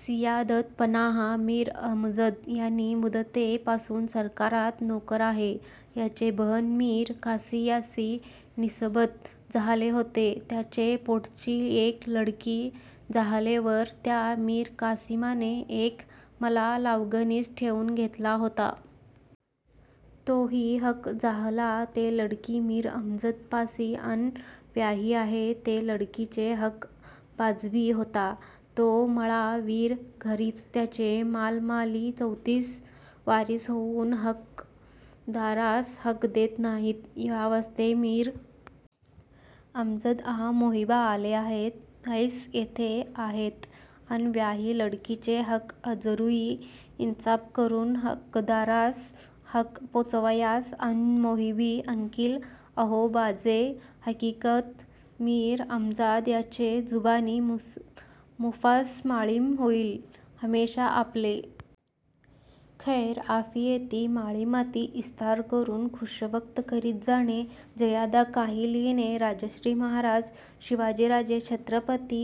सियादत पनाहा मीर अमजद यानी मुदते पासून सरकारात नोकर आहे याचे बहण मीर कासी यासी निसबत जाहाले होते त्याचे पोटची येक लडकी जाहले वर त्या मीर कासीमाने येक मला लावगणीस ठेऊन घेतला होता तोही हक जाहला ते लडकी मीर अमजद पासी आन व्याही आहे ते लडकीचे हक वाजबी होता तो मळा वीत घरीच त्याचे माल माली चौतीस वारीस होऊन हक दारास हक देत नाहीत यावास्ते मीर अमजद आं मोहीबा आले आहेत यैस येथ आहेत आन व्याही लडकीचे हक अजरुई इनसाफ करून हकदारास हक पोहचावयास आं मोहीबी आंकील आहेो बाजे हकिकत मीर अमजद याचे जबानी मुफस माळीम होईल हमेषा आपले खैर आफियेती माळीमाती ईस्तारा करून खुशवख्त करीत जाणे जयादा काये लिहीणे राजश्री महाराज शिवाजीराजे छत्रपती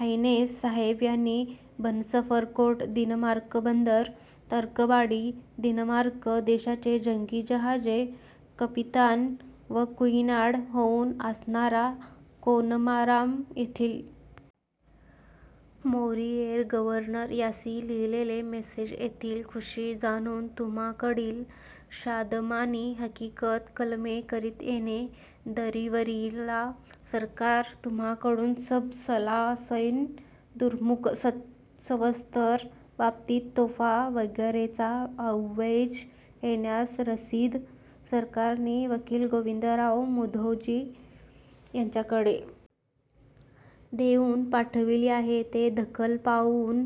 हैनेस साहेब यानी बनसफर कोर्ट दिनमार्कबंदर तर्कबाडी दिनमार्क देशाचे जंगी जहाजाचे कपीतान व कुईनाडा होऊन असणार कोनरामत येथील मोरीयेर गववरनर यांसी लिहीले यैसेजे येथील खुषी जानुन तुम्हाकडील षादमानी हकिकत कलमे करीत येणे दरीवीला सरकारास तुम्हाकडुन सबा सलासैन दुर्मुख संवत्सर बाबती तोफा वगैरेचा अैवज येण्यास रसीद सरकार नि वकील गोविंदराव मुधोजी यांकडे देऊन पाठवीली आहे ते दखल पाऊन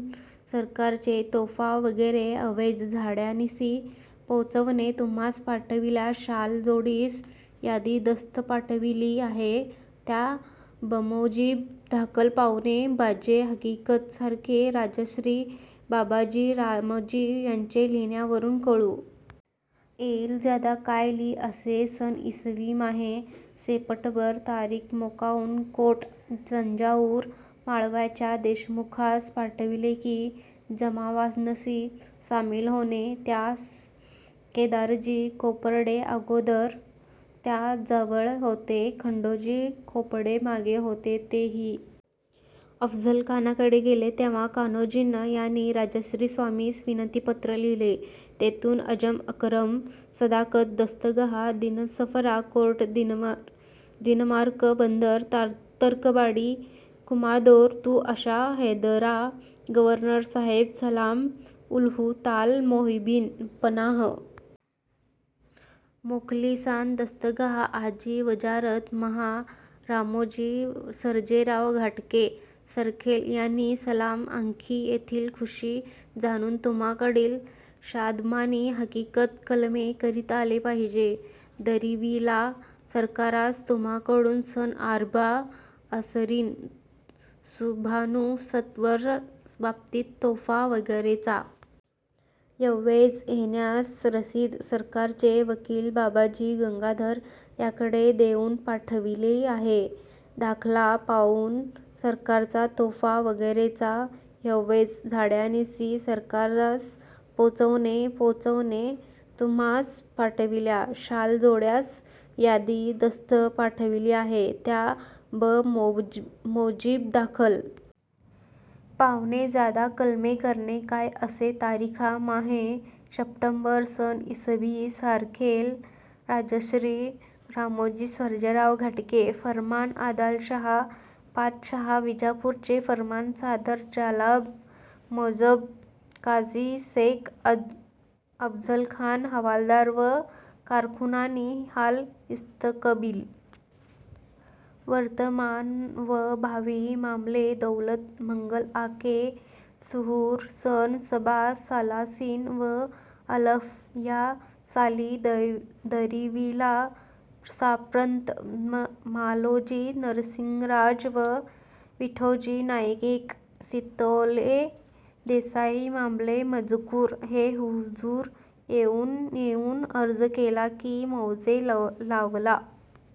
सरकारचे तोफा वगैरे अैवज झाड्यानीसी पोहचावणे तुम्हास पाठविल्या शाल जोडीस यादी दास्त पाठवीली आहे त्या बमोजिब दाखल पावणे बाजे हकिकत सरखेल राजश्री बाबाजी रामाजी याचे लिहीण्यावरून कळू येईल ज्यादा काय ली असे सन ईसवी माहे सेपटबर तारिख मोकाम कोट तंजावूर मावळच्या देशमुखांस पाठविले की जमावानसी सामील होणे त्यास केदारजी खोपडे अगोधर त्या जवल होते खंडोजी खोपडे मागे होते ते ही अफजलखानाकडे गेले तेव्हा कान्होजी नाा याणी राजश्री स्वामीस विनती पत्र लिहिले तेथुन अजम आकरम सदाकत दस्तगाहा दीनसफरा कोर्ट दिनमार्क बंदर तर्कबाडी कुमादोर तु अशन हैदरा गवरनरा साहेब सलाम उल हू ताला मोहबीन पनाहा मोखलीसान दस्तगाह अजी वजारत माहा रामोजी सरजेराव घाटके सरखेल यांनी सलाम आंकी येथील खुषी जाणुन तुम्हाकडील षादमानी हकिकत कलमे करीत आले पाहिजे दरीवीला सरकारास तुम्हाकडून सन आर्बा असरीन सुभानू संवत्सर बाबती तोफा वगैरेचा यैवज येण्यास रसिद सरकारचे वकील बाबाजी गंगाधर याकडे देऊन पाठविली आहे दाखला पाऊन सरकारचा तोफा वगैरेचा यैवज झाड्यानीसी सरकारास पोहचावणे पोहचावणे तुम्हास पाठविल्या शाल जोड्यास यादी दास्त पाठविली आहे त्या ब मोजिब दाखल पावणे ज्यादा कलमे करने काय असे तारिख माहे शपटंबर सन ईसवी सरखेल राजश्री रामोजी सर्जेराव घाटके फर्मान आदलशाहा पातशाहा विजापूरचे फर्मान सादर जाला ब मोजब काजी सेख अबजलखान हवालदार व कारकुनानी हाल इस्तकबील वर्तमान व भावी मामले दौलत मंगल आके सुहूर सन सबा सलासीन व अलफ या साली दरिवीला सांप्रत मालोजी नरसिंगराज व विठोजी नायेक सितोले देसाई मामले मजकूर हे हुजूर येऊन येऊन अर्ज केला की मौजे लवला